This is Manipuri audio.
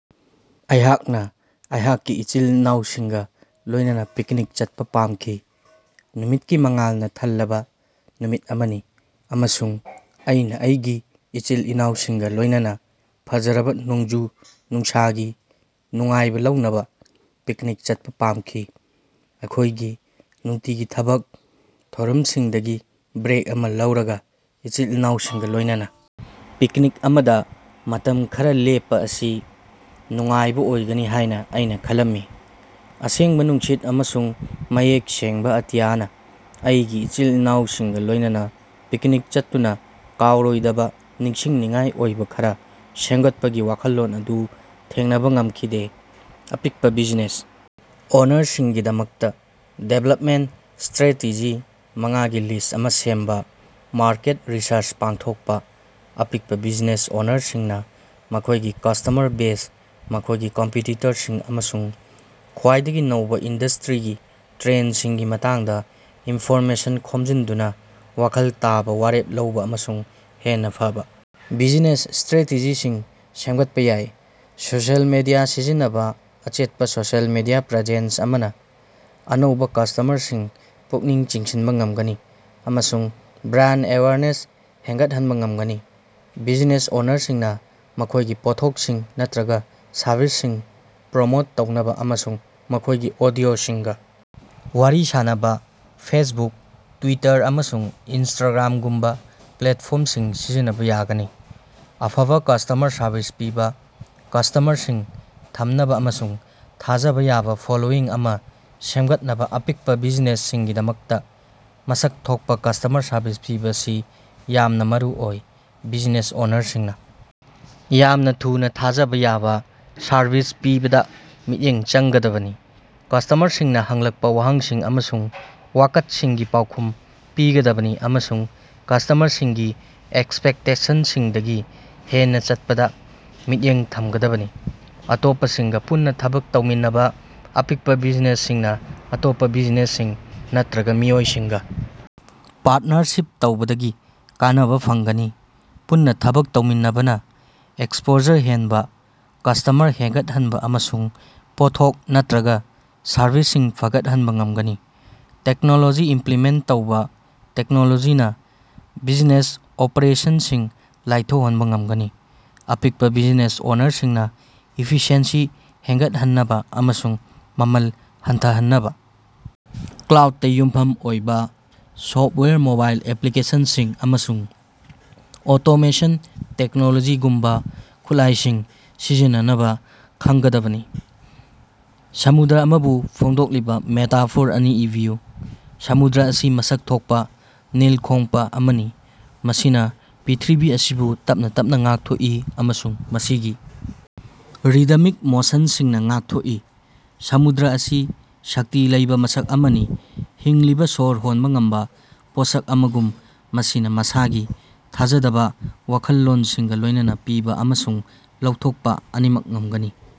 ꯑꯩꯍꯥꯛꯅ ꯑꯩꯍꯥꯛꯀꯤ ꯏꯆꯤꯜ-ꯏꯅꯥꯎꯁꯤꯡꯒ ꯂꯣꯏꯅꯅ ꯄꯤꯛꯅꯤꯛ ꯆꯠꯄ ꯄꯥꯝꯈꯤ꯫ ꯅꯨꯃꯤꯠꯀꯤ ꯃꯉꯥꯜꯅ ꯊꯜꯂꯕ ꯅꯨꯃꯤꯠ ꯑꯃꯅꯤ ꯑꯃꯁꯨꯡ ꯑꯩꯅ ꯑꯩꯒꯤ ꯏꯆꯤꯜ-ꯏꯅꯥꯎꯁꯤꯡꯒ ꯂꯣꯏꯅꯅ ꯐꯖꯔꯕ ꯅꯣꯡꯖꯨ-ꯅꯨꯡꯁꯥꯒꯤ ꯅꯨꯡꯉꯥꯏꯕ ꯂꯧꯅꯕ ꯄꯤꯛꯅꯤꯛ ꯆꯠꯄ ꯄꯥꯝꯈꯤ꯫ ꯑꯩꯈꯣꯏꯒꯤ ꯅꯨꯡꯇꯤꯒꯤ ꯊꯕꯛ ꯊꯧꯔꯝꯁꯤꯡꯗꯒꯤ ꯕ꯭ꯔꯦꯛ ꯑꯃ ꯂꯧꯔꯒ ꯏꯆꯤꯜ-ꯏꯅꯥꯎꯁꯤꯡꯒ ꯂꯣꯏꯅꯅ ꯄꯤꯛꯅꯤꯛ ꯑꯃꯗ ꯃꯇꯝ ꯈꯔ ꯂꯦꯞꯄ ꯑꯁꯤ ꯅꯨꯡꯉꯥꯏꯕ ꯑꯣꯏꯒꯅꯤ ꯍꯥꯏꯅ ꯑꯩꯅ ꯈꯜꯂꯝꯃꯤ꯫ ꯑꯁꯦꯡꯕ ꯅꯨꯡꯁꯤꯠ ꯑꯃꯁꯨꯡ ꯃꯌꯦꯛ ꯁꯦꯡꯕ ꯑꯇꯤꯌꯥꯅ ꯑꯩꯒꯤ ꯏꯆꯤꯜ-ꯏꯅꯥꯎꯁꯤꯡꯒ ꯂꯣꯏꯅꯅ ꯄꯤꯛꯅꯤꯛ ꯆꯠꯇꯨꯅ ꯀꯥꯎꯔꯣꯏꯗꯕ ꯅꯤꯡꯁꯤꯡꯅꯤꯡꯉꯥꯏ ꯑꯣꯏꯕ ꯈꯔ ꯁꯦꯝꯒꯠꯄꯒꯤ ꯋꯥꯈꯜꯂꯣꯟ ꯑꯗꯨ ꯊꯦꯡꯅꯕ ꯉꯝꯈꯤꯗꯦ꯫ ꯑꯄꯤꯛꯄ ꯕꯤꯖꯤꯅꯦꯁ ꯑꯣꯅꯔꯁꯤꯡꯒꯤꯗꯃꯛꯇ ꯗꯤꯚꯦꯂꯞꯃꯦꯟꯇ ꯁ꯭ꯇꯔꯥꯇꯦꯖꯤ ꯃꯉꯥꯒꯤ ꯂꯤꯁꯠ ꯑꯃ ꯁꯦꯝꯕ- ꯃꯥꯔꯀꯦꯠ ꯔꯤꯁꯔꯆ ꯄꯥꯡꯊꯣꯛꯄ: ꯑꯄꯤꯛꯄ ꯕꯤꯖꯤꯅꯦꯁ ꯑꯣꯅꯔꯁꯤꯡꯅ ꯃꯈꯣꯏꯒꯤ ꯀꯁꯇꯃꯔ ꯕꯦꯖ, ꯃꯈꯣꯏꯒꯤ ꯀꯝꯄꯤꯇꯤꯇꯔꯁꯤꯡ, ꯑꯃꯁꯨꯡ ꯈ꯭ꯋꯥꯏꯗꯒꯤ ꯅꯧꯕ ꯏꯟꯗꯁꯇ꯭ꯔꯤꯒꯤ ꯇ꯭ꯔꯦꯟꯗꯁꯤꯡꯒꯤ ꯃꯇꯥꯡꯗ ꯏꯟꯐꯣꯔꯃꯦꯁꯟ ꯈꯣꯝꯖꯤꯟꯗꯨꯅ ꯋꯥꯈꯜ ꯇꯥꯕ ꯋꯥꯔꯦꯞ ꯂꯧꯕ ꯑꯃꯁꯨꯡ ꯍꯦꯟꯅ ꯐꯕ ꯕꯤꯖꯤꯅꯦꯁ ꯁꯇ꯭ꯔꯦꯇꯦꯖꯤꯁꯤꯡ ꯁꯦꯝꯒꯠꯄ ꯌꯥꯏ꯫ ꯁꯣꯁꯤꯌꯦꯜ ꯃꯤꯗꯤꯌꯥ ꯁꯤꯖꯤꯟꯅꯕ: ꯑꯆꯦꯠꯄ ꯁꯣꯁꯤꯑꯦꯜ ꯃꯤꯗꯤꯌꯥ ꯄ꯭ꯔꯦꯖꯦꯟꯁ ꯑꯃꯅ ꯑꯅꯧꯕ ꯀꯁꯇꯃꯔꯁꯤꯡ ꯄꯨꯛꯅꯤꯡ ꯆꯤꯡꯁꯤꯟꯕ ꯉꯝꯒꯅꯤ ꯑꯃꯁꯨꯡ ꯕ꯭ꯔꯥꯟꯗ ꯑꯦꯋꯦꯌꯔꯅꯦꯁ ꯍꯦꯟꯒꯠꯍꯟꯕ ꯉꯝꯒꯅꯤ꯫ ꯕꯤꯖꯤꯅꯦꯁ ꯑꯣꯅꯔꯁꯤꯡꯅ ꯃꯈꯣꯏꯒꯤ ꯄꯣꯠꯊꯣꯛꯁꯤꯡ ꯅꯠꯇ꯭ꯔꯒ ꯁꯔꯚꯤꯁꯁꯤꯡ ꯄ꯭ꯔꯃꯣꯠ ꯇꯧꯅꯕ ꯑꯃꯁꯨꯡ ꯃꯈꯣꯏꯒꯤ ꯑꯣꯗꯤꯑꯣꯁꯤꯡꯒ ꯋꯥꯔꯤ ꯁꯥꯅꯕ ꯐꯦꯁꯕꯨꯛ, ꯇ꯭ꯋꯤꯇꯔ, ꯑꯃꯁꯨꯡ ꯏꯟꯁꯇꯒ꯭ꯔꯥꯝꯒꯨꯝꯕ ꯄ꯭ꯂꯦꯠꯐꯣꯔꯝꯁꯤꯡ ꯁꯤꯖꯤꯟꯅꯕ ꯌꯥꯒꯅꯤ꯫ ꯑꯐꯕ ꯀꯁꯇꯃꯔ ꯁꯔꯚꯤꯁ ꯄꯤꯕ: ꯀꯁꯇꯃꯔꯁꯤꯡ ꯊꯝꯅꯕ ꯑꯃꯁꯨꯡ ꯊꯥꯖꯕ ꯌꯥꯕ ꯐꯣꯂꯣꯋꯤꯡ ꯑꯃ ꯁꯦꯝꯒꯠꯅꯕ ꯑꯄꯤꯛꯄ ꯕꯤꯖꯤꯅꯦꯁꯁꯤꯡꯒꯤꯗꯃꯛꯇ ꯃꯁꯛ ꯊꯣꯛꯄ ꯀꯁꯇꯃꯔ ꯁꯔꯚꯤꯁ ꯄꯤꯕ ꯑꯁꯤ ꯌꯥꯝꯅ ꯃꯔꯨꯑꯣꯏ꯫ ꯕꯤꯖꯤꯅꯦꯁ ꯑꯣꯅꯔꯁꯤꯡꯅ ꯌꯥꯝꯅ ꯊꯨꯅ ꯊꯥꯖꯕ ꯌꯥꯕ ꯁꯔꯚꯤꯁ ꯄꯤꯕꯗ ꯃꯤꯠꯌꯦꯡ ꯆꯪꯒꯗꯕꯅꯤ꯫ ꯀꯁꯇꯃꯔꯁꯤꯡꯅ ꯍꯪꯂꯛꯄ ꯋꯥꯍꯪꯁꯤꯡ ꯑꯃꯁꯨꯡ ꯋꯥꯀꯠꯁꯤꯡꯒꯤ ꯄꯥꯎꯈꯨꯝ ꯄꯤꯒꯗꯕꯅꯤ ꯑꯃꯁꯨꯡ ꯀꯁꯇꯃꯔꯁꯤꯡꯒꯤ ꯑꯦꯛꯁꯄꯦꯛꯇꯦꯁꯟꯁꯤꯡꯗꯒꯤ ꯍꯦꯟꯅ ꯆꯠꯄꯗ ꯃꯤꯠꯌꯦꯡ ꯊꯝꯒꯗꯕꯅꯤ꯫ ꯑꯇꯣꯞꯄꯁꯤꯡꯒ ꯄꯨꯟꯅ ꯊꯕꯛ ꯇꯧꯃꯤꯟꯅꯕ: ꯑꯄꯤꯛꯄ ꯕꯤꯖꯤꯅꯦꯁꯁꯤꯡꯅ ꯑꯇꯣꯞꯄ ꯕꯤꯖꯤꯅꯦꯁꯁꯤꯡ ꯅꯠꯇ꯭ꯔꯒ ꯃꯤꯑꯣꯏꯁꯤꯡꯒ ꯄꯥꯔꯠꯅꯔꯁꯤꯞ ꯇꯧꯕꯗꯒꯤ ꯀꯥꯟꯅꯕ ꯐꯪꯒꯅꯤ꯫ ꯄꯨꯟꯅ ꯊꯕꯛ ꯇꯧꯃꯤꯟꯅꯕꯅ ꯑꯦꯛꯁꯄꯣꯖꯔ ꯍꯦꯟꯕ, ꯀꯁ꯭ꯇꯃꯔ ꯍꯦꯟꯒꯠꯍꯟꯕ, ꯑꯃꯁꯨꯡ ꯄꯣꯠꯊꯣꯛ ꯅꯠꯇ꯭ꯔꯒ ꯁꯔꯚꯤꯁꯁꯤꯡ ꯐꯒꯠꯍꯟꯕ ꯉꯝꯒꯅꯤ꯫ ꯇꯦꯛꯅꯣꯂꯣꯖꯤ ꯏꯝꯄ꯭ꯂꯤꯃꯦꯟꯇ ꯇꯧꯕ: ꯇꯦꯛꯅꯣꯂꯣꯖꯤꯅ ꯕꯤꯖꯤꯅꯦꯁ ꯑꯣꯄꯔꯦꯁꯟꯁꯤꯡ ꯂꯥꯏꯊꯣꯛꯍꯟꯕ ꯉꯝꯒꯅꯤ꯫ ꯑꯄꯤꯛꯄ ꯕꯤꯖꯤꯅꯦꯁ ꯑꯣꯅꯔꯁꯤꯡꯅ ꯏꯐꯤꯁꯤꯑꯦꯟꯁꯤ ꯍꯦꯟꯒꯠꯍꯟꯅꯕ ꯑꯃꯁꯨꯡ ꯃꯃꯜ ꯍꯟꯊꯍꯟꯅꯕ ꯀ꯭ꯂꯥꯎꯗꯇ ꯌꯨꯝꯐꯝ ꯑꯣꯏꯕ ꯁꯣꯐꯠꯋꯦꯌꯔ, ꯃꯣꯕꯥꯏꯜ ꯑꯦꯄ꯭ꯂꯤꯀꯦꯁꯟꯁꯤꯡ, ꯑꯃꯁꯨꯡ ꯑꯣꯇꯣꯃꯦꯁꯟ ꯇꯦꯛꯅꯣꯂꯣꯖꯤꯒꯨꯝꯕ ꯈꯨꯠꯂꯥꯏꯁꯤꯡ ꯁꯤꯖꯤꯟꯅꯅꯕ ꯈꯟꯒꯗꯕꯅꯤ꯫ ꯁꯃꯨꯗ꯭ꯔ ꯑꯃꯕꯨ ꯐꯣꯡꯗꯣꯛꯂꯤꯕ ꯃꯦꯇꯥꯐꯣꯔ ꯑꯅꯤ ꯏꯕꯤꯌꯨ꯫ ꯁꯃꯨꯗ꯭ꯔ ꯑꯁꯤ ꯃꯁꯛ ꯊꯣꯛꯄ ꯅꯤꯜ ꯈꯣꯡꯎꯄ ꯑꯃꯅꯤ, ꯃꯁꯤꯅ ꯄ꯭ꯔꯤꯊꯤꯕꯤ ꯑꯁꯤꯕꯨ ꯇꯞꯅ ꯇꯞꯅ ꯉꯥꯛꯊꯣꯛꯏ ꯑꯃꯁꯨꯡ ꯃꯁꯤꯒꯤ ꯔꯤꯗꯃꯤꯛ ꯃꯣꯁꯟꯁꯤꯡꯅ ꯉꯥꯛꯊꯣꯛꯏ꯫ ꯁꯃꯨꯗ꯭ꯔ ꯑꯁꯤ ꯁꯛꯇꯤ ꯂꯩꯕ ꯃꯁꯛ ꯑꯃꯅꯤ꯫ ꯍꯤꯡꯂꯤꯕ, ꯁꯣꯔ ꯍꯣꯟꯕ ꯉꯝꯕ ꯄꯣꯠꯁꯛ ꯑꯃꯒꯨꯝ, ꯃꯁꯤꯅ ꯃꯁꯥꯒꯤ ꯊꯥꯖꯗꯕ ꯋꯥꯈꯜꯂꯣꯟꯁꯤꯡꯒ ꯂꯣꯏꯅꯅ ꯄꯤꯕ ꯑꯃꯁꯨꯡ ꯂꯧꯊꯣꯛꯄ ꯑꯅꯤꯃꯛ ꯉꯝꯒꯅꯤ꯫